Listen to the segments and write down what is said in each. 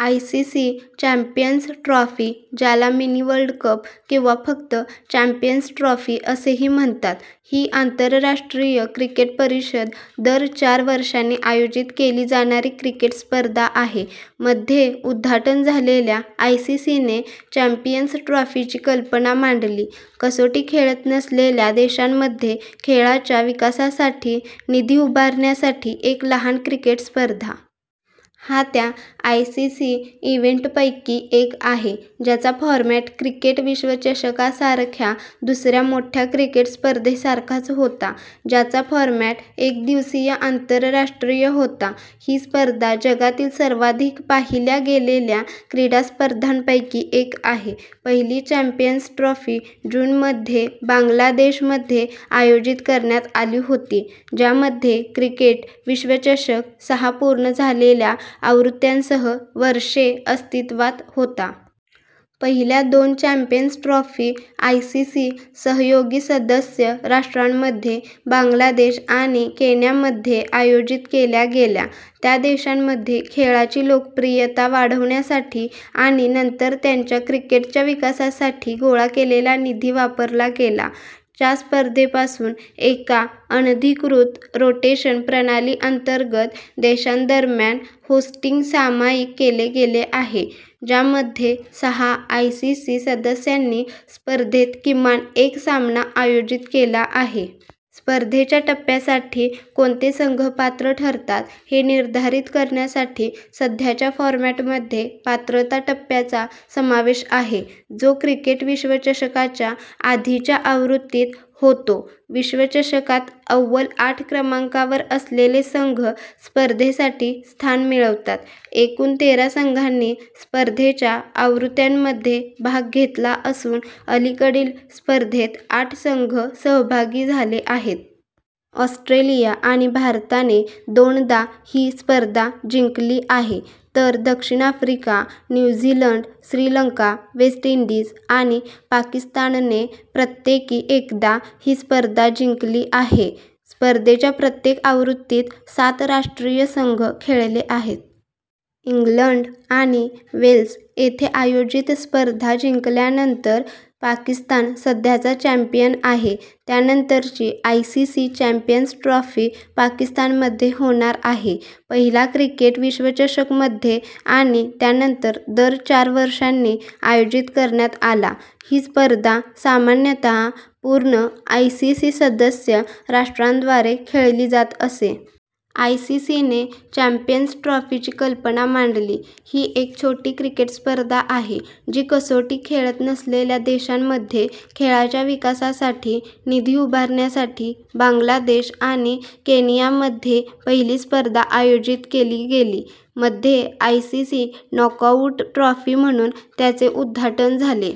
ICC champions trophy, ज्याला " mini world cup " किंवा फक्त " चॅम्पियन्स ट्रॉफी " असेही म्हणतात, ही आंतरराष्ट्रीय क्रिकेट परिषद दर चार वर्षांनी आयोजित केली जाणारी क्रिकेट स्पर्धा आहे. मध्ये उद्घाटन झालेल्या, आयसीसीने चॅम्पियन्स ट्रॉफीची कल्पना मांडली – कसोटी खेळत नसलेल्या देशांमध्ये खेळाच्या विकासासाठी निधी उभारण्यासाठी एक लहान क्रिकेट स्पर्धा. हा त्या आयसीसी इव्हेंटपैकी एक आहे ज्याचा फॉरमॅट क्रिकेट विश्वचषकासारख्या दुसऱ्या मोठ्या क्रिकेट स्पर्धेसारखाच होता, ज्याचा फॉरमॅट एक दिवसीय आंतरराष्ट्रीय होता. ही स्पर्धा जगातील सर्वाधिक पाहिल्या गेलेल्या क्रीडा स्पर्धांपैकी एक आहे. पहिली चॅम्पियन्स ट्रॉफी जून मध्ये बांगलादेशमध्ये आयोजित करण्यात आली होती, ज्यामध्ये क्रिकेट विश्वचषक सहा पूर्ण झालेल्या आवृत्त्यांसह वर्षे अस्तित्वात होता. पहिल्या दोन चॅम्पियन्स ट्रॉफी आयसीसी सहयोगी सदस्य राष्ट्रांमध्ये बांगलादेश आणि केन्यामध्ये आयोजित केल्या गेल्या, त्या देशांमध्ये खेळाची लोकप्रियता वाढवण्यासाठी आणि नंतर त्यांच्या क्रिकेटच्या विकासासाठी गोळा केलेला निधी वापरला गेला. च्या स्पर्धेपासून, एका अनधिकृत रोटेशन प्रणाली अंतर्गत देशांदरम्यान होस्टिंग सामायिक केले गेले आहे, ज्यामध्ये सहा आयसीसी सदस्यांनी स्पर्धेत किमान एक सामना आयोजित केला आहे. स्पर्धेच्या टप्प्यासाठी कोणते संघ पात्र ठरतात हे निर्धारित करण्यासाठी सध्याच्या फॉरमॅटमध्ये पात्रता टप्प्याचा समावेश आहे, जो क्रिकेट विश्वचषकाच्या आधीच्या आवृत्तीत होतो. विश्वचषकात अव्वल आठ क्रमांकावर असलेले संघ स्पर्धेसाठी स्थान मिळवतात. एकूण तेरा संघांनी स्पर्धेच्या आवृत्त्यांमध्ये भाग घेतला असून, अलीकडील स्पर्धेत आठ संघ सहभागी झाले आहेत. ऑस्ट्रेलिया आणि भारताने दोनदा ही स्पर्धा जिंकली आहे, तर दक्षिण Africa, New Zealand, Sri Lanka, West Indies आणि पाकिस्तानने प्रत्येकी एकदा ही स्पर्धा जिंकली आहे. स्पर्धेच्या प्रत्येक आवृत्तीत सात राष्ट्रीय संघ खेळले आहेत. इंग्लंड आणि वेल्स येथे आयोजित स्पर्धा जिंकल्यानंतर पाकिस्तान सध्याचा चॅम्पियन आहे. त्यानंतरची आयसीसी चॅम्पियन्स ट्रॉफी पाकिस्तानमध्ये होणार आहे. पहिला क्रिकेट विश्वचषक मध्ये आणि त्यानंतर दर चार वर्षांनी आयोजित करण्यात आला. ही स्पर्धा सामान्यतः पूर्ण आयसीसी सदस्य राष्ट्रांद्वारे खेळली जात असे. आयसीसीने चॅम्पियन्स ट्रॉफीची कल्पना मांडली – ही एक छोटी क्रिकेट स्पर्धा आहे जी कसोटी खेळत नसलेल्या देशांमध्ये खेळाच्या विकासासाठी निधी उभारण्यासाठी, बांगलादेश आणि केनियामध्ये पहिली स्पर्धा आयोजित केली गेली. मध्ये आयसीसी नॉकआउट ट्रॉफी म्हणून त्याचे उद्घाटन झाले.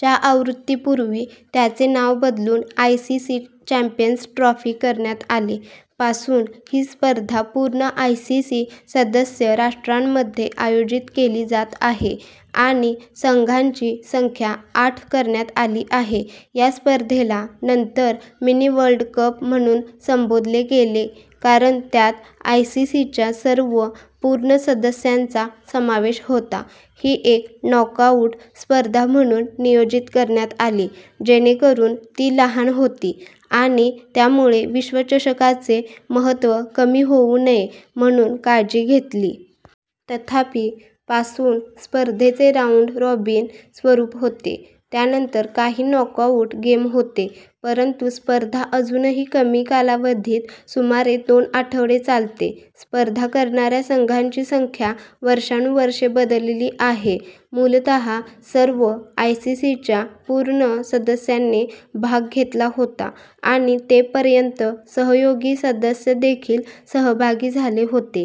च्या आवृत्तीपूर्वी त्याचे नाव बदलून आयसीसी चॅम्पियन्स ट्रॉफी करण्यात आले. पासून, ही स्पर्धा पूर्ण आयसीसी सदस्य राष्ट्रांमध्ये आयोजित केली जात आहे आणि संघांची संख्या आठ करण्यात आली आहे. या स्पर्धेला नंतर मिनी-वर्ल्ड कप म्हणून संबोधले गेले कारण त्यात आयसीसीच्या सर्व पूर्ण सदस्यांचा समावेश होता, ही एक नॉक-आउट स्पर्धा म्हणून नियोजित करण्यात आली जेणेकरून ती लहान होती आणि त्यामुळे विश्वचषकाचे महत्त्व कमी होऊ नये म्हणून काळजी घेतली. तथापि, पासून, स्पर्धेचे राऊंड-रॉबिन स्वरूप होते, त्यानंतर काही नॉकआउट गेम होते परंतु स्पर्धा अजूनही कमी कालावधीत सुमारे दोन आठवडे चालते. स्पर्धा करणाऱ्या संघांची संख्या वर्षानुवर्षे बदलली आहे; मूलतः सर्व आयसीसीच्या पूर्ण सदस्यांनी भाग घेतला होता आणि ते पर्यंत सहयोगी सदस्य देखील सहभागी झाले होते.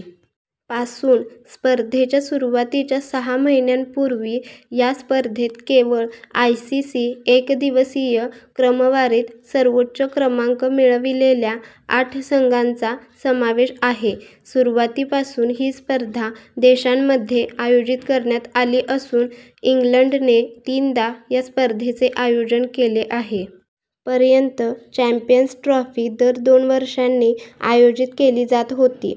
पासून, स्पर्धेच्या सुरुवातीच्या सहा महिन्यांपूर्वी या स्पर्धेत केवळ आयसीसी एकदिवसीय क्रमवारीत सर्वोच्च क्रमांक मिळविलेल्या आठ संघांचा समावेश आहे. सुरुवातीपासून ही स्पर्धा देशांमध्ये आयोजित करण्यात आली असून, इंग्लंडने तीनदा या स्पर्धेचे आयोजन केले आहे. पर्यंत चॅम्पियन्स ट्रॉफी दर दोन वर्षांनी आयोजित केली जात होती.